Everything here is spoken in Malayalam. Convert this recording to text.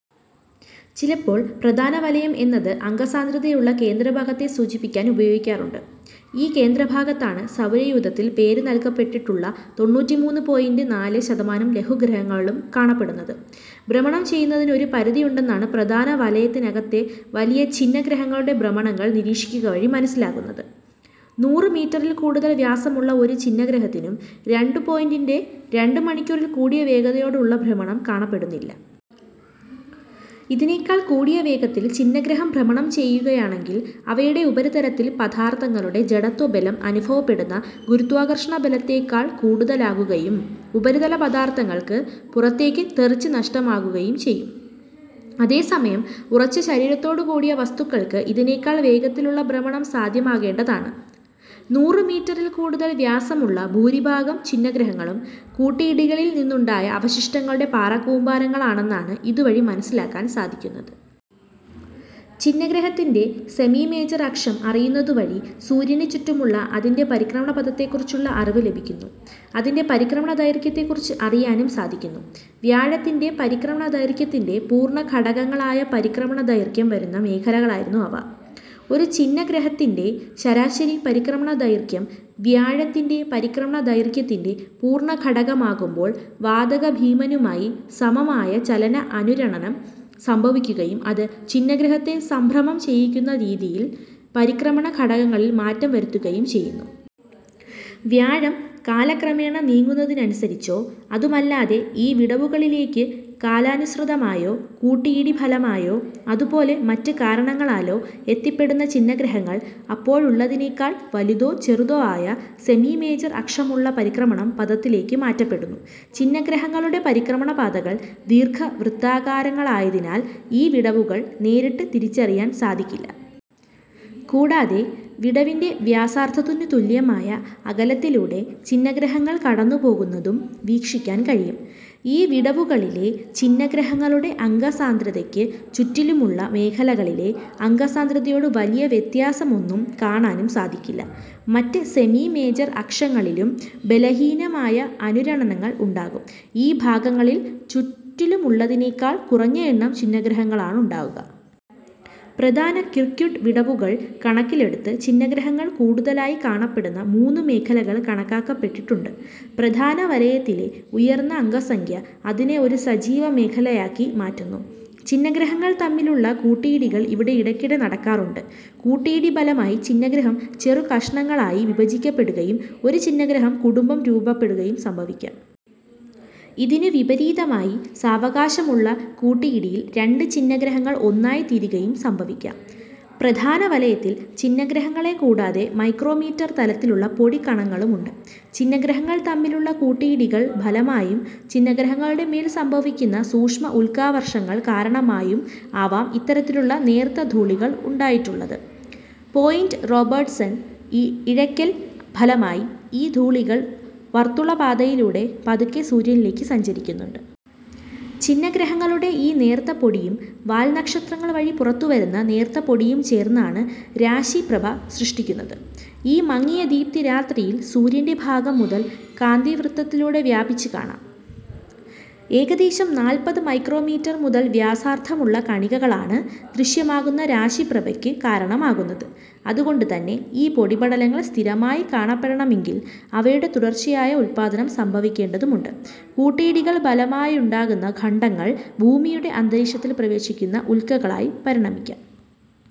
ചിലപ്പോൾ പ്രധാന വലയം എന്നത് കൂടുതൽ അംഗസാന്ദ്രതയുള്ള കേന്ദ്ര ഭാഗത്തെ സൂചിപ്പിക്കാൻ ഉപയോഗിക്കാറുണ്ട്. ഈ കേന്ദ്ര ഭാഗത്താണ് സൗരയൂഥത്തിൽ പേര് നൽകപ്പെട്ടിട്ടുള്ള തൊണ്ണൂറ്റിമൂന്ന് പോയിൻ്റെ നാല് ശതമാനം ലഘുഗ്രഹങ്ങളും കാണപ്പെടുന്നത്. ഭ്രമണം ചെയ്യുന്നതിന് ഒരു പരിധിയുണ്ടെന്നാണ് പ്രധാനവലയത്തിനകത്തെ വലിയ ഛിന്നഗ്രഹങ്ങളുടെ ഭ്രമണങ്ങൾ നിരീക്ഷിക്കുകവഴി മനസ്സിലാകുന്നത്. നൂറ് മീറ്ററിൽ കൂടുതൽ വ്യാസമുള്ള ഒരു ഛിന്നഗ്രഹത്തിനും രണ്ട് പോയിൻ്റെ രണ്ട് മണിക്കൂറിൽ കൂടിയ വേഗതയോടെയുള്ള ഭ്രമണം കാണപ്പെടുന്നില്ല. ഇതിനേക്കാൾ കൂടിയ വേഗത്തിൽ ഛിന്നഗ്രഹം ഭ്രമണം ചെയ്യുകയാണെങ്കിൽ അവയുടെ ഉപരിതലത്തിൽ പദാർത്ഥങ്ങളുടെ ജഡത്വബലം അനുഭവപ്പെടുന്ന ഗുരുത്വാകർഷണബലത്തേക്കാൾ കൂടുതലാകുകയും ഉപരിതല പദാർത്ഥങ്ങൾ പുറത്തേക്ക് തെറിച്ച് നഷ്ടമാകുകയും ചെയ്യും. അതേ സമയം ഉറച്ച ശരീരത്തോടു കൂടിയ വസ്തുക്കൾക്ക് ഇതിനേക്കാൾ വേഗത്തിലുള്ള ഭ്രമണം സാധ്യമാകേണ്ടതാണ്. നൂറ് മീറ്ററിൽ കൂടുതൽ വ്യാസമുള്ള ഭൂരിഭാഗം ഛിന്നഗ്രഹങ്ങളും കൂട്ടിയിടികളിൽ നിന്നുണ്ടായ അവശിഷ്ടങ്ങളുടെ പാറക്കൂമ്പാരങ്ങളാന്നാണ് ഇതുവഴി മനസ്സിലാക്കാൻ സാധിക്കുന്നത്. ഛിന്നഗ്രഹത്തിൻ്റെ സെമി മേജർ അക്ഷം അറിയുന്നതുവഴി സൂര്യനു ചുറ്റുമുള്ള അതിൻ്റെ പരിക്രമണപഥത്തെ കുറിച്ചുള്ള അറിവ് ലഭിക്കുന്നു, അതിൻ്റെ പരിക്രമണ ദൈർഘ്യത്തെ കുറിച്ച് അറിയാനും സാധിക്കുന്നു. വ്യാഴത്തിൻ്റെ പരിക്രമണ ദൈർഘ്യത്തിൻ്റെ പൂർണ്ണ ഘടകങ്ങളായ പരിക്രമണ ദൈർഘ്യം വരുന്ന മേഖലകളായിരുന്നു അവ.ഒരു ഛിന്നഗ്രഹത്തിൻ്റെ ശരാശരി പരിക്രമണ ദൈർഘ്യം വ്യാഴത്തിൻ്റെ പരിക്രമണ ദൈർഘ്യത്തിൻ്റെ പൂർണ്ണ ഘടകമാകുമ്പോൾ വാതക ഭീമനുമായി സമമായ ചലന അനുരണനം സംഭവിക്കുകയും അത് ഛിന്നഗ്രഹത്തെ സംഭ്രമം ചെയ്യിക്കുന്ന രീതിയിൽ പരിക്രമണ ഘടകങ്ങളിൽ മാറ്റം വരുത്തുകയും ചെയ്യുന്നു. വ്യാഴം കാലക്രമേണ നീങ്ങുന്നതിനനുസരിച്ചോ അതുമല്ലാതെ ഈ വിടവുകളിലേക്ക് കാലാനുസൃതമായോ കൂട്ടിയിടി ഫലമായോ അതുപോലെ മറ്റ് കാരണങ്ങളാലോ എത്തിപ്പെടുന്ന ഛിന്നഗ്രഹങ്ങൾ അപ്പോഴുള്ളതിനേക്കാൽ വലുതോ ചെറുതോ ആയ സെമി മേജർ അക്ഷമുള്ള പരിക്രമണം പഥത്തിലേക്ക് മാറ്റപ്പെടുന്നു. ഛിന്നഗ്രഹങ്ങളുടെ പരിക്രമണ പാതകൾ ദീർഘവൃത്താകാരങ്ങളായതിനാൽ ഈ വിടവുകൾ നേരിട്ട് തിരിച്ചറിയാൻ സാധിക്കില്ല. കൂടാതെ വിടവിൻ്റെ വ്യാസാർദ്ധത്തിനു തുല്യമായ അകലത്തിലൂടെ ഛിന്നഗ്രഹങ്ങൾ കടന്നുപോകുന്നതും വീക്ഷിക്കാൻ കഴിയും. ഈ വിടവുകളിലെ ഛിന്നഗ്രഹങ്ങളുടെ അംഗസാന്ദ്രതയ്ക്ക് ചുറ്റിലുമുള്ള മേഖലകളിലെ അംഗസാന്ദ്രതയോട് വലിയ വ്യത്യാസമൊന്നും കാണാനും സാധിക്കില്ല. മറ്റ് സെമി മേജർ അക്ഷങ്ങളിലും ബലഹീനമായ അനുരണങ്ങൾ ഉണ്ടാകും, ഈ ഭാഗങ്ങളിൽ ചുറ്റിലുള്ളതിനേക്കാൾ കുറഞ്ഞ എണ്ണം ഛിന്നഗ്രഹങ്ങളാണുണ്ടാകുക. പ്രധാനപ്പെട്ട കിർക്ക്വുഡ് വിടവുകൾ കണക്കിലെടുത്ത് ഛിന്നഗ്രഹങ്ങൾ കൂടുതലായി കാണപ്പെടുന്ന മൂന്ന് മേഖലകൾ കണക്കാക്കപ്പെട്ടിട്ടുണ്ട്. പ്രധാനവലയത്തിലെ ഉയർന്ന അംഗ സംഖ്യ അതിനെ ഒരു സജീവ മേഖലയാക്കി മാറ്റുന്നു, ഛിന്നഗ്രഹങ്ങൾ തമ്മിലുള്ള കൂട്ടിയിടികൾ ഇവിടെ ഇടയ്ക്കിടെ നടക്കാറുണ്ട്. കൂട്ടിയിടി ഫലമായി ഛിന്നഗ്രഹം ചെറു കഷണങ്ങളായി വിഭജിക്കപ്പെടുകയും ഒരു ഛിന്നഗ്രഹ കുടുംബം രൂപപ്പെടുകയും സംഭവിക്കാം. ഇതിനു വിപരീതമായി സാവകാശമുള്ള കൂട്ടിയിടിയിൽ രണ്ട് ഛിന്നഗ്രഹങ്ങൾ ഒന്നായി തീരുകയും സംഭവിക്കാം. പ്രധാനവലയത്തിൽ ഛിന്നഗ്രഹങ്ങളെ കൂടാതെ മൈക്രോമീറ്റർ തലത്തിലുള്ള പൊടി കണങ്ങളും ഉണ്ട്. ഛിന്നഗ്രഹങ്ങൾ തമ്മിലുള്ള കൂട്ടിയിടികൾ ഫലമായും, ഛിന്നഗ്രഹങ്ങളുടെ മേൽ സംഭവിക്കുന്ന സൂക്ഷ്മ ഉൽക്കാവർഷങ്ങൾ കാരണമായും ആവാം ഇത്തരത്തിലുള്ള നേർത്ത ധൂളികൾ ഉണ്ടായിട്ടുള്ളത്. പോയിൻ്റിങ് റോബേർട്ട്സൺ ഇഴക്കൽ ഫലമായി ഈ ധൂളികൾ വർത്തുളപാതയിലൂടെ പതുക്കെ സൂര്യനിലേക്ക് സഞ്ചരിക്കുന്നുണ്ട്. ഛിന്നഗ്രഹങ്ങളുടെ ഈ നേർത്ത പൊടിയും വാൽനക്ഷത്രങ്ങൾ വഴി പുറത്തുവരുന്ന നേർത്തപൊടിയും ചേർന്നാണ് രാശി പ്രഭ സൃഷ്ടിക്കുന്നത്. ഈ മങ്ങിയ ദീപ്തി രാത്രിയിൽ സൂര്യൻ്റെ ഭാഗം മുതൽ കാന്തിവൃത്തതിലൂടെ വ്യാപിച്ച് കാണാം. ഏകദേശം നാൽപ്പത് മൈക്രോമീറ്റർ മുതൽ വാസാർദ്ധമുള്ള കണികളാണ് ദൃശ്യമാകുന്ന രാശിപ്രഭയ്ക്ക് കാരണമാകുന്നത്. അതുകൊണ്ട് തന്നെ ഈ പൊടിപടലങ്ങൾ സ്ഥിരമായി കാണപ്പെടണമെങ്കിൽ അവയുടെ തുടർച്ചയായ ഉല്പാദനം സംഭവിക്കേണ്ടതുണ്ട്. കൂട്ടിയിടികൾ ഫലമായുണ്ടാകുന്ന ഖണ്ഡങ്ങൾ ഭൂമിയുടെ അന്തരീക്ഷത്തിൽ പ്രവേശിക്കുന്ന ഉൽക്കകളായി പരിണമിക്കാം.